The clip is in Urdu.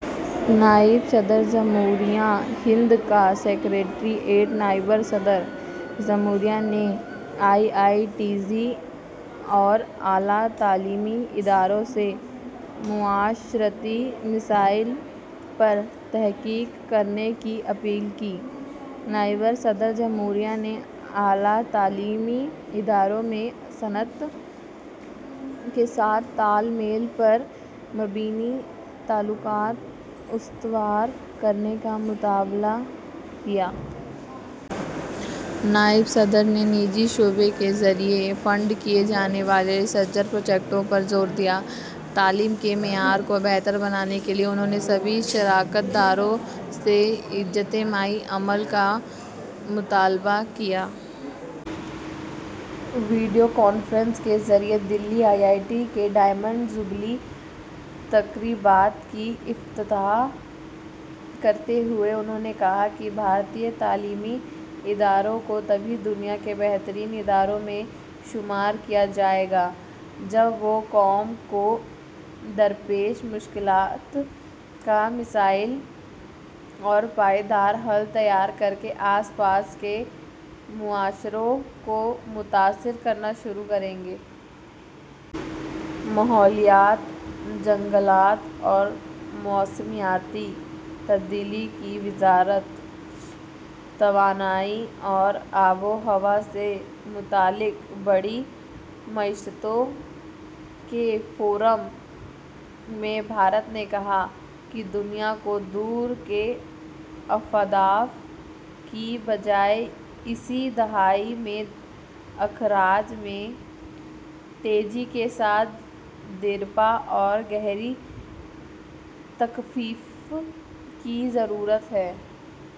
نائب صدر جمہوریہ ہند کا سکریٹریٹ نائب صدر جمہوریہ نے آئی آئی ٹیز اور اعلیٰ تعلیمی اداروں سے معاشرتی مسائل پر تحقیق کرنے کی اپیل کی۔ نائب صدر جمہوریہ نے اعلیٰ تعلیمی اداروں سے صنعت کے ساتھ تال میل پر مبنی تعلقات استوار کرنے کا مطالبہ کیا۔ نائب صدر نے نجی شعبے کے ذریعے فنڈ کیے جانے والے ریسرچ پروجیکٹوں پر زور دیا۔ تعلیم کے معیار کو بہتر بنانے کے لیے انہوں نے سبھی شراکت داروں سے اجتماعی عمل کا مطالبہ کیا۔ ویڈیو کانفرنس کے ذریعے دلی آئی آئی ٹی کے ڈائمنڈ جبلی تقریبات کا افتتاح کرتے ہوئے انہوں نے کہا کہ بھارتی تعلیمی اداروں کو تبھی دنیا کے بہترین اداروں میں شمار کیا جائے گا، جب وہ قوم کو درپیش مشکلات کا مثالی اور پائیدار حل تیار کرکے آس پاس کے معاشروں کو متاثر کرنا شروع کریں گے۔ ماحولیات، جنگلات اور موسمیاتی تبدیلی کی وزارت توانائی اور آب و ہوا سے متعلق بڑی معیشتوں کے فورم میں بھارت نے کہا کہ دنیا کو دور کے اہداف کی بجائے اسی دہائی میں اخراج میں تیزی کے ساتھ دیرپا اور گہری تخفیف کی ضرورت ہے۔